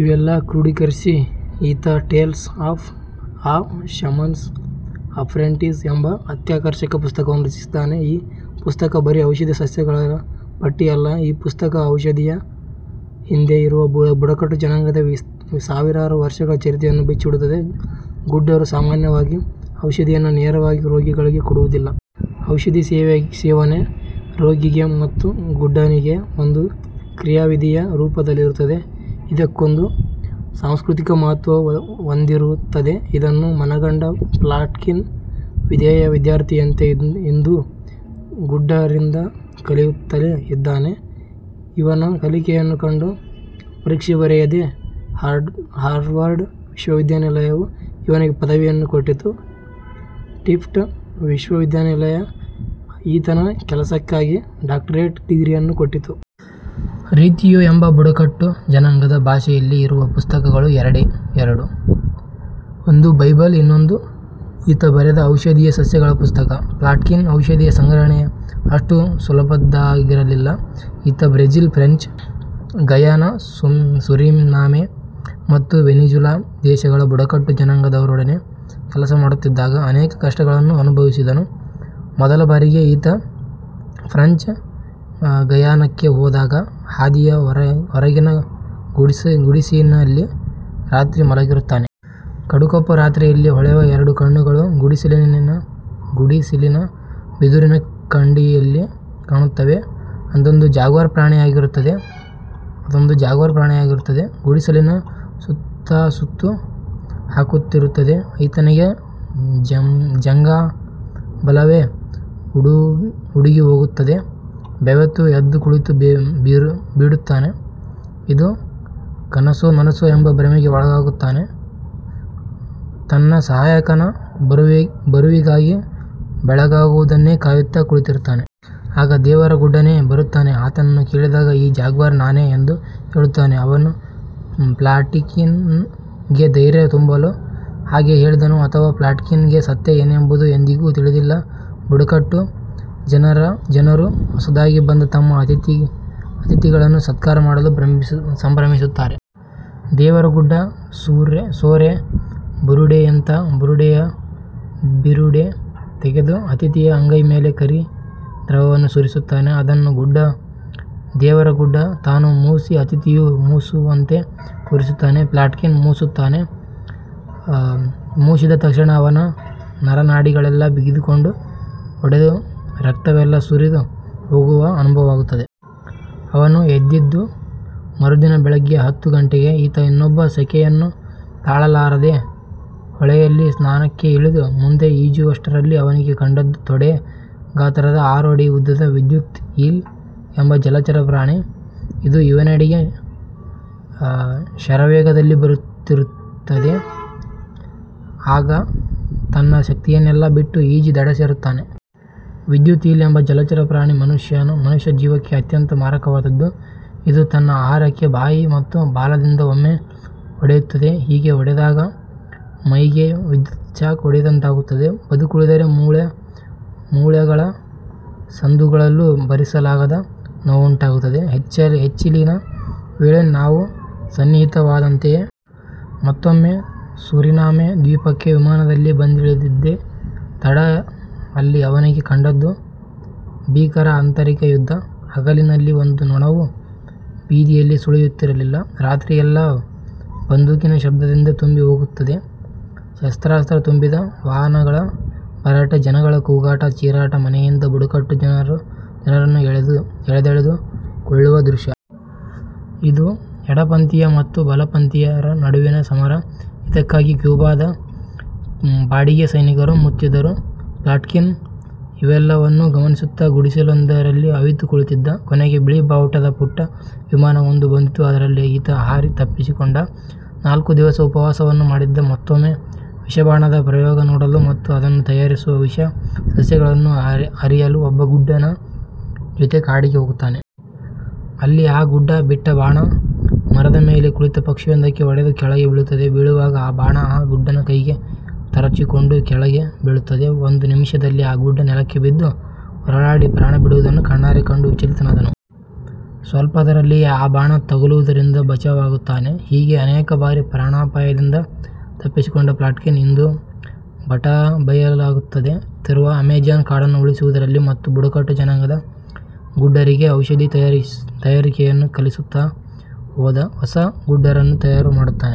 ಇವೆಲ್ಲವನ್ನೂ ಕ್ರೂಢೀಕರಿಸಿ ಈತ Tales of a Shaman's Apprentice ಎಂಬ ಅತ್ಯಾಕರ್ಷಕ ಪುಸ್ತಕವನ್ನು ರಚಿಸಿದ್ದಾನೆ. ಈ ಪುಸ್ತಕ ಬರೀ ಔಷಧಿ ಸಸ್ಯಗಳ ಪಟ್ಟಿಯಲ್ಲ. ಈ ಪುಸ್ತಕ ಔಷಧೀಯ ಹಿಂದೆ ಇರುವ ಬುಡಕಟ್ಟು ಜನಾಂಗದ ಸಾವಿರಾರು ವರ್ಷಗಳ ಚರಿತ್ರೆಯನ್ನು ಬಿಚ್ಚಿಡುತ್ತದೆ. ಗುಡ್ಡರು ಸಾಮಾನ್ಯವಾಗಿ ಔಷಧಿಯನ್ನು ನೇರವಾಗಿ ರೋಗಿಗಳಿಗೆ ಕೊಡುವುದಿಲ್ಲ. ಔಷಧಿ ಸೇವನೆ ರೋಗಿಗೆ ಮತ್ತು ಗುಡ್ಡನಿಗೆ ಒಂದು ಕ್ರಿಯಾವಿಧಿಯ ರೂಪದಲ್ಲಿರುತ್ತದೆ. ಇದಕ್ಕೊಂದು ಸಾಂಸ್ಕೃತಿಕ ಮಹತ್ವ ಒಂದಿರುತ್ತದೆ. ಇದನ್ನು ಮನಗಂಡ ಪ್ಲಾಟ್ಕಿನ್ ವಿಧೇಯ ವಿದ್ಯಾರ್ಥಿಯಂತೆ ಇಂದೂ ಗುಡ್ಡರಿಂದ ಕಲಿಯುತ್ತಲೇ ಇದ್ದಾನೆ. ಇವನ ಕಲಿಕೆಯನ್ನು ಕಂಡು ಪರೀಕ್ಷೆ ಬರೆಯದೆ ಹಾರ್ವರ್ಡ್ ವಿಶ್ವವಿದ್ಯಾನಿಲಯವು ಇವನಿಗೆ ಪದವಿಯನ್ನು ಕೊಟ್ಟಿತು. ಟಿಫ್ಟ್ ವಿಶ್ವವಿದ್ಯಾನಿಲಯ ಈತನ ಕೆಲಸಕ್ಕಾಗಿ ಡಾಕ್ಟರೇಟ್ ಡಿಗ್ರಿಯನ್ನು ಕೊಟ್ಟಿತು. ತಿರಿಯೋ ಎಂಬ ಬುಡಕಟ್ಟು ಜನಾಂಗದ ಭಾಷೆಯಲ್ಲಿ ಇರುವ ಪುಸ್ತಕಗಳು ಎರಡೇ ಎರಡು. ಒಂದು ಬೈಬಲ್, ಇನ್ನೊಂದು ಈತ ಬರೆದ ಔಷಧೀಯ ಸಸ್ಯಗಳ ಪುಸ್ತಕ. ಪ್ಲಾಟ್ಕಿನ್ ಔಷಧೀಯ ಸಂಗ್ರಹಣೆ ಅಷ್ಟು ಸುಲಭದ್ದಾಗಿರಲಿಲ್ಲ ಈತ ಬ್ರೆಜಿಲ್, ಫ್ರೆಂಚ್ ಗಯಾನ, ಸುರಿನಾಮೆ ಮತ್ತು ವೆನಿಜುಲಾ ದೇಶಗಳ ಬುಡಕಟ್ಟು ಜನಾಂಗದವರೊಡನೆ ಕೆಲಸ ಮಾಡುತ್ತಿದ್ದಾಗ ಅನೇಕ ಕಷ್ಟಗಳನ್ನು ಅನುಭವಿಸಿದನು ಮೊದಲ ಬಾರಿಗೆ ಈತ ಫ್ರಂಚ್ ಗಯಾನಕ್ಕೆ ಹೋದಾಗ ಹಾದಿಯ ಹೊರಗಿನ ಗುಡಿಸಿನಲ್ಲಿ ರಾತ್ರಿ ಮಲಗಿರುತ್ತಾನೆ. ಕಡುಕಪ್ಪು ರಾತ್ರಿಯಲ್ಲಿ ಹೊಳೆವ ಎರಡು ಕಣ್ಣುಗಳು ಗುಡಿಸಿಲಿನ ಬಿದುರಿನ ಕಂಡಿಯಲ್ಲಿ ಕಾಣುತ್ತವೆ. ಅದೊಂದು ಜಾಗ್ವಾರ್ ಪ್ರಾಣಿಯಾಗಿರುತ್ತದೆ. ಗುಡಿಸಿಲಿನ ಸುತ್ತಾ ಸುತ್ತು ಹಾಕುತ್ತಿರುತ್ತದೆ. ಈತನಿಗೆ ಜಂಘಾಬಲವೇ ಉಡುಗಿಹೋಗುತ್ತದೆ. ಬೆವೆತು ಎದ್ದು ಕುಳಿತು ಬಿಡುತ್ತಾನೆ. ಇದು ಕನಸೋ, ನನಸೋ ಎಂಬ ಭ್ರಮೆಗೆ ಒಳಗಾಗುತ್ತಾನೆ. ತನ್ನ ಸಹಾಯಕನ ಬರುವಿಗಾಗಿ ಬೆಳಗಾಗುವುದನ್ನೇ ಕಾಯುತ್ತಾ ಕುಳಿತಿರುತ್ತಾನೆ. ಆಗ ದೇವರ ಗುಡ್ಡನೆ ಬರುತ್ತಾನೆ. ಆತನನ್ನು ಕೇಳಿದಾಗ ಈ ಜಾಗ್ವಾರ್ ನಾನೇ ಎಂದು ಹೇಳುತ್ತಾನೆ. ಅವನು ಪ್ಲಾಟಿಕಿನ್ ಗೆ ಧೈರ್ಯ ತುಂಬಲು ಹಾಗೆ ಹೇಳಿದನೋ, ಅಥವಾ.. ಪ್ಲಾಟಿಕಿನ್ ಗೆ ಸತ್ಯ ಏನಂಬುದು ಇಂದಿಗೂ ತಿಳಿದಿಲ್ಲ. ಬುಡಕಟ್ಟು ಜನರು ಹೊಸದಾಗಿ ಬಂದ ತಮ್ಮ ಅತಿಥಿಗಳನ್ನು ಸತ್ಕಾರ ಮಾಡಲು ಸಂಭ್ರಮಿಸುತ್ತಾರೆ. ದೇವರ ಗುಡ್ಡ ಸೊರೆ ಬುರುಡೆಯಂಥ ಬುರುಡೆಯ ಬಿರುಡೆ ತೆಗೆದು ಅತಿಥಿಯ ಅಂಗೈ ಮೇಲೆ ಕರಿ ದ್ರವವನ್ನು ಸುರಿಯುತ್ತಾನೆ. ಅದನ್ನು ದೇವರಗುಡ್ಡ ತಾನು ಮೂಸಿ ಅತಿಥಿಯೂ ಮೂಸುವಂತೆ ತೋರಿಸುತ್ತಾನೆ. ಪ್ಲಾಟ್ಕಿನ್ ಮೂಸುತ್ತಾನೆ. ಮೂಸಿದ ತಕ್ಷಣ ಅವನ ನರ ನಾಡಿಗಳೆಲ್ಲ ಬಿಗಿದುಕೊಂಡು, ಒಡೆದು ರಕ್ತವೆಲ್ಲಾ ಸುರಿದು ಹೋಗುವ ಅನುಭವವಾಗುತ್ತದೆ. ಅವನು ಎದ್ದಿದ್ದು ಮರುದಿನ ಬೆಳಗ್ಗೆ ಹತ್ತು ಗಂಟೆಗೆ. ಈತ ಇನ್ನೊಮ್ಮೆ ಸೆಖೆಯನ್ನು ತಾಳಲಾರದೆ ಹೊಳೆಯಲ್ಲಿ ಸ್ನಾನಕ್ಕೆ ಇಳಿದು ಮುಂದೆ ಈಜುವಷ್ಟರಲ್ಲಿ ಅವನಿಗೆ ಕಂಡದ್ದು ತೊಡೆ ಗಾತ್ರದ ಆರು ಅಡಿ ಉದ್ದದ 'ವಿದ್ಯುತ್ ಈಲ್ ' ಎಂಬ ಜಲಚರ ಪ್ರ್ರಾಣಿ. ಅದು ಇವನೆಡೆಗೆ ಶರವೇಗದಲ್ಲಿ ಬರುತ್ತಿರುತ್ತದೆ. ಆಗ ತನ್ನ ಶಕ್ತಿಯನ್ನೆಲ್ಲಾ ಬಿಟ್ಟು ಈಜಿ ದಡ ಸೇರುತ್ತಾನೆ. ವಿದ್ಯುತ್ ಈಲ್ ಎಂಬ ಜಲಚರ ಪ್ರಾಣಿ ಮನುಷ್ಯ ಜೀವಕ್ಕೆ ಅತ್ಯಂತ ಮಾರಕವಾದುದ್ದು. ಇದು ತನ್ನ ಆಹಾರಕ್ಕೆ ಬಾಯಿ ಮತ್ತು ಬಾಲದಿಂದ ಒಮ್ಮೆಗೆ ಹೊಡೆಯುತ್ತದೆ. ಹೀಗೆ ಹೊಡೆದಾಗ ಮೈಗೆ ವಿದ್ಯುತ್ ಶಾಕ್ ಹೊಡೆದಂತಾಗುತ್ತದೆ. ಬದುಕುಳಿದರೆ ಮೂಳೆ ಮೂಳೆಗಳ ಸಂದುಗಳಲ್ಲೂ ಭರಿಸಲಾಗದ ನೋವುಂಟಾಗುತ್ತದೆ. ಹೆಚ್ಚಿಲಿನ ವೇಳೆ ಸಾವು ಸನ್ನಿಹಿತವಾದಂತಯೇ. ಮತ್ತೊಮ್ಮೆ ಸುರಿನಾಮೆ ದ್ವೀಪಕ್ಕೆ ವಿಮಾನದಲ್ಲಿ ಬಂದಿಳಿದಿದ್ದೆ ತಡ ಅಲ್ಲಿ ಅವನಿಗೆ ಕಂಡಿದ್ದು ಭೀಕರ ಆಂತರಿಕ ಯುದ್ಧ. ಹಗಲಿನಲ್ಲಿ ಒಂದು ನೊಣವೂ ಬೀದಿಯಲ್ಲಿ ಸುಳಿಯುತ್ತಿರಲಿಲ್ಲ. ರಾತ್ರಿಯೆಲ್ಲಾ ಬಂದೂಕಿನ ಶಬ್ದದಿಂದ ತುಂಬಿ ಹೋಗುತ್ತಿತ್ತು. ಶಸ್ತ್ರಾತ್ರ ತುಂಬಿದ ವಾಹನಗಳ ಭರಾಟೆ, ಜನಗಳ ಕೂಗಾಟ, ಚೀರಾಟ, ಮನೆಯಿಂದ ಬುಡಕಟ್ಟು ಜನರನ್ನು ಎಳೆದೆಳೆದು ಕೊಳ್ಳುವ ದೃಶ್ಯ. ಇದು ಎಡಪಂಥೀಯ ಮತ್ತು ಬಲಪಂಥೀಯರ ನಡುವಿನ ಸಮರ. ಇದಕ್ಕಾಗಿ ಕ್ಯೂಬಾದ ಬಾಡಿಗೆ ಸೈನಿಕರು ಮುತ್ತಿದ್ದರು. ಪ್ಲಾಟಿಕಿನ್ ಇವೆಲ್ಲವನ್ನೂ ಗಮನಿಸುತ್ತಾ ಗುಡಿಸಿಲೊಂದರಲ್ಲಿ ಅವಿತು ಕುಳಿತಿದ್ದ. ಕೊನೆಗೆ ಬಿಳಿ ಬಾವುಟದ ಪುಟ್ಟ ವಿಮಾನವೊಂದು ಬಂದಿತು. ಅದರಲ್ಲಿ ಈತ ಹಾರಿ ತಪ್ಪಿಸಿಕೊಂಡ. ನಾಲ್ಕು ದಿವಸ ಉಪವಾಸವನ್ನು ಮಾಡಿದ್ದ. ಮತ್ತೊಮ್ಮೆ ವಿಷಬಾಣದ ಪ್ರಯೋಗ ನೋಡಲು ಮತ್ತು ಅದನ್ನು ತಯಾರಿಸುವ ವಿಷ ಸಸ್ಯಗಳನ್ನು ಅರಿಯಲು ಒಬ್ಬ ಗುಡ್ಡನ ಜೊತೆ ಕಾಡಿಗೆ ಹೋಗುತ್ತಾನೆ. ಅಲ್ಲಿ ಆ ಗುಡ್ಡ ಬಿಟ್ಟ ಬಾಣ ಮರದ ಮೇಲೆ ಕುಳಿತ ಪಕ್ಷಿಯೊಂದಕ್ಕೆ ಹೊಡೆದು ಕೆಳಗೆ ಬೀಳುತ್ತದೆ. ಬೀಳುವಾಗ ಆ ಬಾಣ ಆ ಗುಡ್ಡನ ಕೈಗೆ ತರಚಿಕೊಂಡು ಕೆಳಗೆ ಬೀಳುತ್ತದೆ. ಒಂದು ನಿಮಿಷದಲ್ಲಿ ಆ ಗುಡ್ಡ ನೆಲಕ್ಕೆ ಬಿದ್ದು ಹೊರಳಾಡಿ ಪ್ರಾಣ ಬಿಡುವುದನ್ನು ಕಣ್ಣಾರೆ ಕಂಡು ವಿಚಲಿತನಾದನು. ಸ್ವಲ್ಪದರಲ್ಲಿಯೇ ಆ ಬಾಣ ತಗಲುವುದರಿಂದ ಬಚಾವಾಗುತ್ತಾನೆ. ಹೀಗೆ ಅನೇಕ ಬಾರಿ ಪ್ರಾಣಾಪಾಯದಿಂದ ತಪ್ಪಿಸಿಕೊಂಡ ಪ್ಲಾಟ್ಕಿನ್ ಇಂದೂ ಬಟಾಬಯಲಾಗುತ್ತಿರುವ ಅಮೆಜಾನ್ ಕಾಡನ್ನುಉಳಿಸುವುದರಲ್ಲಿ ಮತ್ತು ಬುಡಕಟ್ಟು ಜನಾಂಗದ ಗುಡ್ದರಿಗೆ ಔಷಧಿ ತಯಾರಿಕೆಯನ್ನು ಕಲಿಸುತ್ತಾ ಹೊಸ ಗುಡ್ದರನ್ನು ತಯಾರು ಮಾಡುತ್ತಿದ್ದಾನೆ.